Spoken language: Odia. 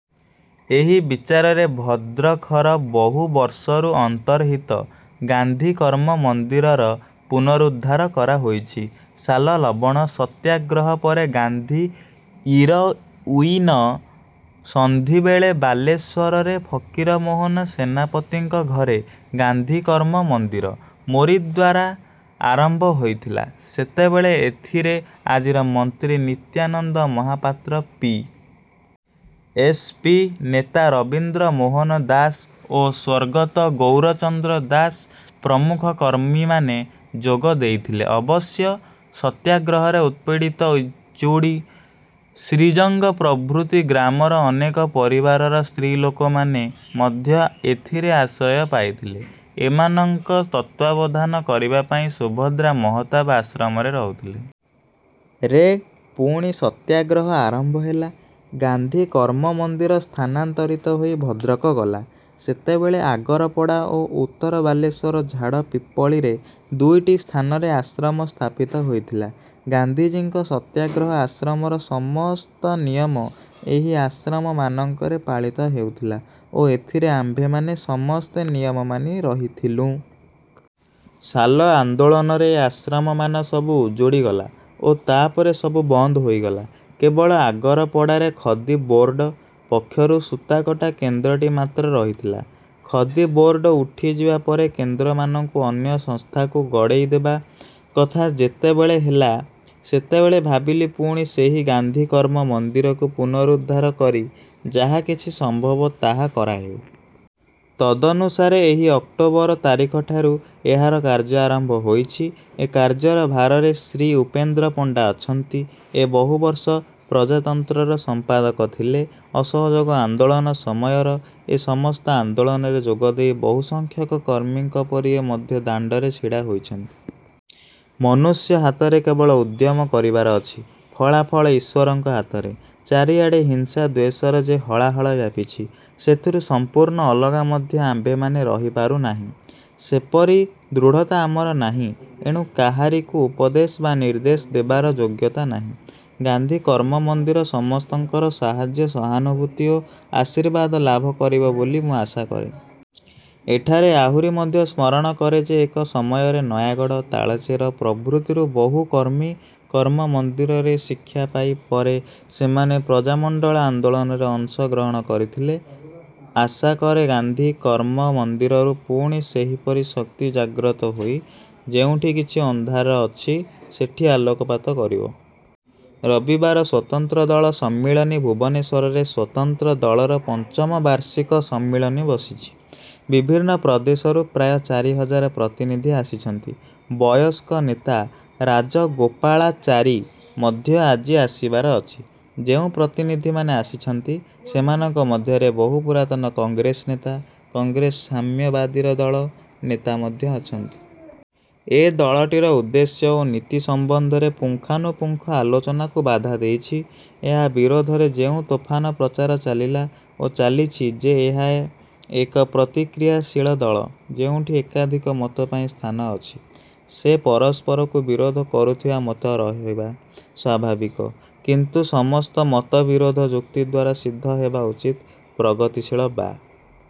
ଏହି ବିଚାରରେ ଭଦ୍ରଖର ବହୁ ବର୍ଷରୁ ଅନ୍ତର୍ହିତ 'ଗାନ୍ଧି କର୍ମ ମନ୍ଦିର'ର ପୁନରୁଦ୍ଧାର କରାହୋଇଛି। ସାଲ ଲବଣ ସତ୍ୟାଗ୍ରହ ପରେ ଗାନ୍ଧି ଇରଉଇନ ସନ୍ଧିବେଳେ ବାଲେଶ୍ୱରରେ ଫକୀରମୋହନ ସେନାପତିଙ୍କ ଘରେ 'ଗାନ୍ଧିକର୍ମ ମନ୍ଦିର' ମୋରିଦ୍ୱାରା ଆରମ୍ଭ ହୋଇଥିଲା। ସେତେବେଳେ ଏଥିରେ ଆଜିର ମନ୍ତ୍ରୀ Nityananda Mahapatra, P. S. P, ନେତା ରବୀନ୍ଦ୍ର ମୋହନ ଦାସ ଓ ସ୍ୱର୍ଗତ ଗୌରଚନ୍ଦ୍ର ଦାସ ପ୍ରମୁଖ କର୍ମୀମାନେ ଯୋଗ ଦେଇଥିଲେ। ଅବଶ୍ୟ ସତ୍ୟାଗ୍ରହରେ ଉତପୀଡ଼ିତ ଇଞ୍ଚୁଡ଼ି ଶ୍ରୀଜଙ୍ଗ ପ୍ରଭୃତି ଗ୍ରାମର ଅନେକ ପରିବାରର ସ୍ତ୍ରୀଲୋକମାନେ ମଧ୍ୟ ଏଥିରେ ଆଶ୍ରୟ ପାଇଥିଲେ। ଏମାନଙ୍କ ତତ୍ତ୍ୱାବଧାନ କରିବାପାଇଁ ସୁଭଦ୍ରା ମହତାବ ଆଶ୍ରମରେ ରହୁଥିଲେ। ରେ ପୁଣି ସତ୍ୟାଗ୍ରହ ଆରମ୍ଭ ହେଲା। ଗାନ୍ଧି କର୍ମମନ୍ଦିର ସ୍ଥାନାନ୍ତରିତ ହୋଇ ଭଦ୍ରକ ଗଲା। ସେତେବେଳେ ଆଗରପଡ଼ା ଓ ଉତ୍ତର ବାଲେଶ୍ୱର ଝାଡ଼ ପିପ୍ପଳିରେ ଦୁଇଟି ସ୍ଥାନରେ ଆଶ୍ରମ ସ୍ଥାପିତ ହୋଇଥିଲା। ଗାନ୍ଧିଜୀଙ୍କ ସତ୍ୟାଗ୍ରହ ଆଶ୍ରମର ସମସ୍ତ ନିୟମ ଏହି ଆଶ୍ରମମାନଙ୍କରେ ପାଳିତ ହେଉଥିଲା ଓ ଏଥିରେ ଆମ୍ଭେମାନେ ସମସ୍ତେ ନିୟମାମାନି ରହିଥିଲୁଁ। ସାଲ ଆନ୍ଦୋଳନରେ ଏ ଆଶ୍ରମମାନ ସବୁ ଉଜୁଡ଼ିଗଲା ଓ ତା'ପରେ ସବୁ ବନ୍ଦ ହୋଇଗଲା।। କେବଳ ଆଗରପଡ଼ାରେ ଖଦିବୋର୍ଡ଼ ପକ୍ଷରୁ ସୂତାକଟା କେନ୍ଦ୍ରଟି ମାତ୍ର ରହିଥିଲା। ଖଦିବୋର୍ଡ଼ ଉଠିଯିବାପରେ କେନ୍ଦ୍ରମାନଙ୍କୁ ଅନ୍ୟ ସଂସ୍ଥାକୁ ଗଡ଼େଇ ଦେବା କଥା ଯେତେବେଳେ ହେଲା, ସେତେବେଳେ ଭାବିଲି ପୁଣି ସେହି ଗାନ୍ଧି କର୍ମ ମନ୍ଦିରକୁ ପୁନରୁଦ୍ଧାର କରି ଯାହା କିଛି ସମ୍ଭବ ତାହା କରାହେଉ। ତଦନୁସାରେ ଏହି ଅକ୍ଟୋବର ତାରିଖଠାରୁ ଏହାର କାର୍ଯ୍ୟ ଆରମ୍ଭ ହୋଇଛି। ଏ କାର୍ଯ୍ୟର ଭାରରେ ଶ୍ରୀ ଉପେନ୍ଦ୍ର ପଣ୍ଡା ଅଛନ୍ତି। ଏ ବହୁବର୍ଷ 'ପ୍ରଜାତନ୍ତ୍ରର ସମ୍ପାଦକ' ଥିଲେ। ଅସହଯୋଗ ଆନ୍ଦୋଳନ ସମୟର ଏ ସମସ୍ତ ଆନ୍ଦୋଳନରେ ଯୋଗଦେଇ ବହୁସଂଖ୍ୟକ କର୍ମୀଙ୍କ ପରି ଏ ମଧ୍ୟ ଦାଣ୍ଡରେ ଛିଡ଼ା ହୋଇଛନ୍ତି-। ମନୁଷ୍ୟ ହାତରେ କେବଳ ଉଦ୍ୟମ କରିବାର ଅଛି। ଫଳାଫଳ ଈଶ୍ୱରଙ୍କ ହାତରେ। ଚାରିଆଡ଼େ ହିଂସାଦ୍ୱେଷର ଯେ ହଳାହଳ ବ୍ୟାପିଛି, ସେଥିରୁ ସଂପୂର୍ଣ୍ଣ ଅଲଗା ମଧ୍ୟ ଆମ୍ଭେମାନେ ରହିପାରୁନାହିଁ। ସେପରି ଦୃଢ଼ତା ଆମର ନାହିଁ। ଏଣୁ କାହାରିକୁ ଉପଦେଶ ବା ନିର୍ଦ୍ଦେଶ ଦେବାର ଯୋଗ୍ୟତା ନାହିଁ। ଗାନ୍ଧି କର୍ମମନ୍ଦିର ସମସ୍ତଙ୍କର ସାହାଯ୍ୟ ସହାନୁଭୂତି ଓ ଆଶୀର୍ବାଦ ଲାଭକରିବ ବୋଲି ମୁଁ ଆଶା କରେ। ଏଠାରେ ଆହୁରି ମଧ୍ୟ ସ୍ମରଣ କରେ ଯେ ଏକ ସମୟରେ ନୟାଗଡ଼, ତାଳଚେର ପ୍ରଭୃତିରୁ ବହୁ କର୍ମୀ 'କର୍ମ-ମନ୍ଦିର' ରେ ଶିକ୍ଷାପାଇ ପରେ ସେମାନେ ପ୍ରଜାମଣ୍ଡଳ ଆନ୍ଦୋଳନରେ ଅଂଶ ଗ୍ରହଣ କରିଥିଲେ। ଆଶାକରେ ଗାନ୍ଧି କର୍ମ-ମନ୍ଦିରରୁ ପୁଣି ସେହିପରି ଶକ୍ତି ଜାଗ୍ରତ ହୋଇ ଯେଉଁଠି କିଛି ଅନ୍ଧାର ଅଛି, ସେଠି ଆଲୋକପାତ କରିବ। ରବିବାର ସ୍ୱତନ୍ତ୍ର ଦଳ ସମ୍ମିଳନୀ ଭୁବନେଶ୍ୱରରେ ସ୍ୱତନ୍ତ୍ର ଦଳର ପଞ୍ଚମ ବାର୍ଷିକ ସମ୍ମିଳନୀ ବସିଛି। ବିଭିନ୍ନ ପ୍ରଦେଶରୁ ପ୍ରାୟ ଚାରିହଜାର ପ୍ରତିନିଧି ଆସିଛନ୍ତି। ବୟସ୍କ ନେତା ରାଜଗୋପାଳାଚାରୀ ମଧ୍ୟ ଆଜି ଆସିବାର ଅଛି। ଯେଉଁ ପ୍ରତିନିଧିମାନେ ଆସିଛନ୍ତି, ସେମାନଙ୍କ ମଧ୍ୟରେ ବହୁ ପୁରାତନ କଂଗ୍ରେସ ନେତା, କଂଗ୍ରେସ ସାମ୍ୟବାଦୀ ଦଳର ନେତା ମଧ୍ୟ ଅଛନ୍ତି। ଏ ଦଳଟିର ଉଦ୍ଦେଶ୍ୟ ଓ ନୀତି ସମ୍ବନ୍ଧରେ ପୁଙ୍ଖାନୁପୁଙ୍ଖ ଆଲୋଚନାକୁ ବାଧା ଦେଇଛି। ଏହା ବିରୋଧରେ ଯେଉଁ ତୋଫାନ ପ୍ରଚାର ଚାଲିଲା ଓ ଚାଲିଛି ଯେ ଏହା ଏକ ପ୍ରତିକ୍ରିୟାଶୀଳ ଦଳ। ଯେଉଁଠି ଏକାଧିକ ମତପାଇଁ ସ୍ଥାନ ଅଛି, ସେ ପରସ୍ପରକୁ ବିରୋଧ କରୁଥିବା ମତ ରହିବା ସ୍ୱାଭାବିକ; କିନ୍ତୁ ସମସ୍ତ ମତବିରୋଧ ଯୁକ୍ତିଦ୍ୱାରା ସିଦ୍ଧ ହେବା ଉଚିତ। ପ୍ରଗତିଶୀଳ ବା